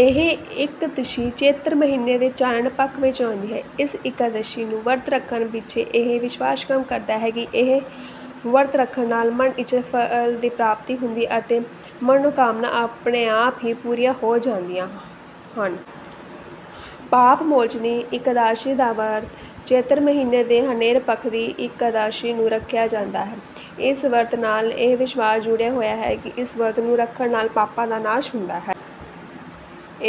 ਇਹ ਇਕਾਦਸ਼ੀ ਚੇਤਰ ਮਹੀਨੇ ਦੇ ਚਾਨਣ ਪੱਖ ਵਿੱਚ ਆਉਂਦੀ ਹੈ। ਇਸ ਇਕਾਦਸ਼ੀ ਨੂੰ ਵਰਤ ਰੱਖਣ ਪਿੱਛੇ ਇਹ ਵਿਸ਼ਵਾਸ ਕੰਮ ਕਰਦਾ ਹੈ ਕਿ ਇਹ ਵਰਤ ਰੱਖਣ ਨਾਲ ਮਨ-ਇੱਛਤ ਫਲ ਦੀ ਪ੍ਰਾਪਤੀ ਹੁੰਦੀ ਹੈ ਅਤੇ ਮਨੋਕਾਮਨਾਵਾਂ ਆਪਣੇ ਆਪ ਹੀ ਪੂਰੀਆਂ ਹੋ ਜਾਂਦੀਆਂ ਹਨ। ਪਾਪ ਮੋਚਨੀ ਇਕਾਦਸ਼ੀ ਦਾ ਵਰਤ ਚੇਤਰ ਮਹੀਨੇ ਦੇ ਹਨੇਰ ਪੱਖ ਦੀ ਇਕਾਦਸ਼ੀ ਨੂੰ ਰੱਖਿਆ ਜਾਂਦਾ ਹੈ। ਇਸ ਵਰਤ ਨਾਲ ਇਹ ਵਿਸ਼ਵਾਸ ਜੁੜਿਆ ਹੋਇਆ ਹੈ ਕਿ ਇਸ ਵਰਤ ਨੂੰ ਰੱਖਣ ਨਾਲ ਪਾਪਾਂ ਦਾ ਨਾਸ਼ ਹੁੰਦਾ ਹੈ।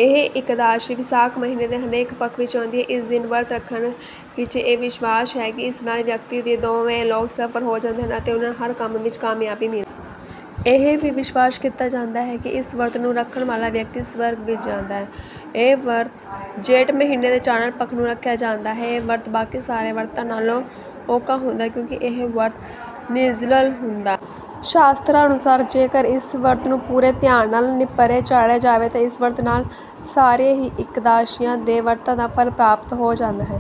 ਇਹ ਇਕਾਦਸ਼ੀ ਵਿਸਾਖ ਮਹੀਨੇ ਦੇ ਹਨੇਰ ਪੱਖ ਵਿੱਚ ਆਉਂਦੀ ਹੈ। ਇਸ ਦਿਨ ਵਰਤ ਰੱਖਣ ਪਿੱਛੇ ਇਹ ਵਿਸ਼ਵਾਸ ਹੈ ਕਿ ਇਸ ਨਾਲ ਵਿਅਕਤੀ ਦੇ ਦੋਵੇਂ ਲੋਕ ਸਫਲ ਹੋ ਜਾਂਦੇ ਹਨ ਅਤੇ ਉਸਨੂੰ ਹਰ ਕੰਮ ਵਿੱਚ ਕਾਮਯਾਬੀ ਮਿਲਦੀ ਹੈ। ਇਹ ਵੀ ਵਿਸ਼ਵਾਸ ਕੀਤਾ ਜਾਂਦਾ ਹੈ ਕਿ ਇਸ ਵਰਤ ਨੂੰ ਰੱਖਣ ਵਾਲਾ ਵਿਅਕਤੀ ਸਵਰਗ ਵਿੱਚ ਜਾਂਦਾ ਹੈ। ਇਹ ਵਰਤ ਜੇਠ ਮਹੀਨੇ ਦੇ ਚਾਨਣ ਪੱਖ ਨੂੰ ਰੱਖਿਆ ਜਾਂਦਾ ਹੈ। ਇਹ ਵਰਤ ਬਾਕੀ ਸਾਰੇ ਵਰਤਾਂ ਨਾਲੋਂ ਔਖਾ ਹੁੰਦਾ ਹੈ ਕਿਉਂਕਿ ਇਹ ਵਰਤ ਨਿਰਜਲ ਹੁੰਦਾ ਹੈ। ਸ਼ਾਸਤਰਾਂ ਅਨੁਸਾਰ ਜੇਕਰ ਇਸ ਵਰਤ ਨੂੰ ਪੂਰੇ ਧਿਆਨ ਨਾਲ ਨੇਪਰੇ ਚਾੜ੍ਹਿਆ ਜਾਵੇ ਤਾਂ ਇਸ ਵਰਤ ਨਾਲ ਸਾਰੀਆਂ ਹੀ ਇਕਾਦਸ਼ੀਆਂ ਦੇ ਵਰਤਾਂ ਦਾ ਫਲ ਪ੍ਰਾਪਤ ਹੋ ਜਾਂਦਾ ਹੈ।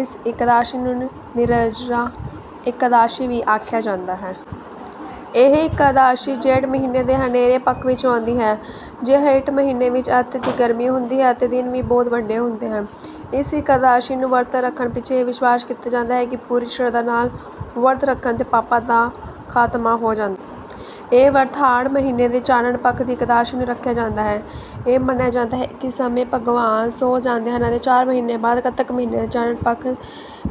ਇਸ ਇਕਾਦਸ਼ੀ ਨੂੰ 'ਨਿਰਜਲਾ ਇਕਾਦਸ਼ੀ' ਵੀ ਆਖਿਆ ਜਾਂਦਾ ਹੈ। ਇਹ ਇਕਾਦਸ਼ੀ ਜੇਠ ਮਹੀਨੇ ਦੇ ਹਨੇਰੇ ਪੱਖ ਵਿੱਚ ਆਉਂਦੀ ਹੈ। ਜੇਠ ਮਹੀਨੇ ਵਿੱਚ ਅਤਿ ਦੀ ਗਰਮੀ ਹੁੰਦੀ ਹੈ ਅਤੇ ਦਿਨ ਵੀ ਬਹੁਤ ਵੱਡੇ ਹੁੰਦੇ ਹਨ। ਇਸ ਇਕਾਦਸ਼ੀ ਨੂੰ ਵਰਤ ਰੱਖਣ ਪਿੱਛੇ ਇਹ ਵਿਸ਼ਵਾਸ ਕੀਤਾ ਜਾਂਦਾ ਹੈ ਕਿ ਪੂਰੀ ਸ਼ਰਧਾ ਨਾਲ ਵਰਤ ਰੱਖਣ ਤੇ ਪਾਪਾਂ ਦਾ ਖਾਤਮਾ ਹੋ ਜਾਂਦਾ ਹੈ। ਇਹ ਵਰਤ ਹਾੜ ਮਹੀਨੇ ਦੀ ਚਾਨਣ ਪੱਖ ਦੀ ਇਕਾਦਸ਼ੀ ਨੂੰ ਰੱਖਿਆ ਜਾਂਦਾ ਹੈ। ਇਹ ਮੰਨਿਆ ਜਾਂਦਾ ਹੈ ਕਿ ਇਸ ਸਮੇਂ ਭਗਵਾਨ ਸੌ ਜਾਂਦੇ ਹਨ ਅਤੇ ਚਾਰ ਮਹੀਨੇ ਬਾਅਦ ਕੱਤਕ ਮਹੀਨੇ ਦੇ ਚਾਨਣ ਪੱਖ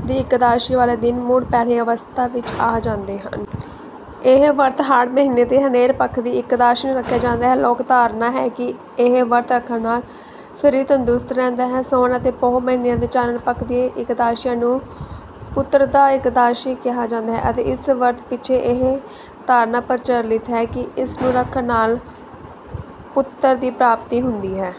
ਦੀ ਇਕਾਦਸ਼ੀ ਵਾਲੇ ਦਿਨ ਮੁੜ ਪਹਿਲੀ ਅਵਸਥਾ ਵਿੱਚ ਆ ਜਾਂਦੇ ਹਨ। ਇਹ ਵਰਤ ਹਾੜ ਮਹੀਨੇ ਦੀ ਹਨੇਰ ਪੱਖ ਦੀ ਇਕਾਦਸ਼ੀ ਨੂੰ ਰੱਖਿਆ ਜਾਂਦਾ ਹੈ। ਲੋਕ ਧਾਰਨਾ ਹੈ ਕਿ ਇਹ ਵਰਤ ਰੱਖਣ ਨਾਲ ਸਰੀਰ ਤੰਦਰੁਸਤ ਰਹਿੰਦਾ ਹੈ। ਸਾਉਣ ਅਤੇ ਪੋਹ ਮਹੀਨਿਆਂ ਦੇ ਚਾਨਣ ਪੱਖ ਦੀਆਂ ਇਕਾਦਸ਼ੀਆਂ ਨੂੰ ਪੁੱਤਰਦਾ ਇਕਾਦਸ਼ੀ ਕਿਹਾ ਜਾਂਦਾ ਹੈ ਅਤੇ ਇਸ ਵਰਤ ਪਿੱਛੇ ਇਹ ਧਾਰਨਾ ਪ੍ਰਚਲਿਤ ਹੈ ਕਿ ਇਸਨੂੰ ਰੱਖਣ ਨਾਲ ਪੁੱਤਰ ਦੀ ਪ੍ਰਾਪਤੀ ਹੁੰਦੀ ਹੈ।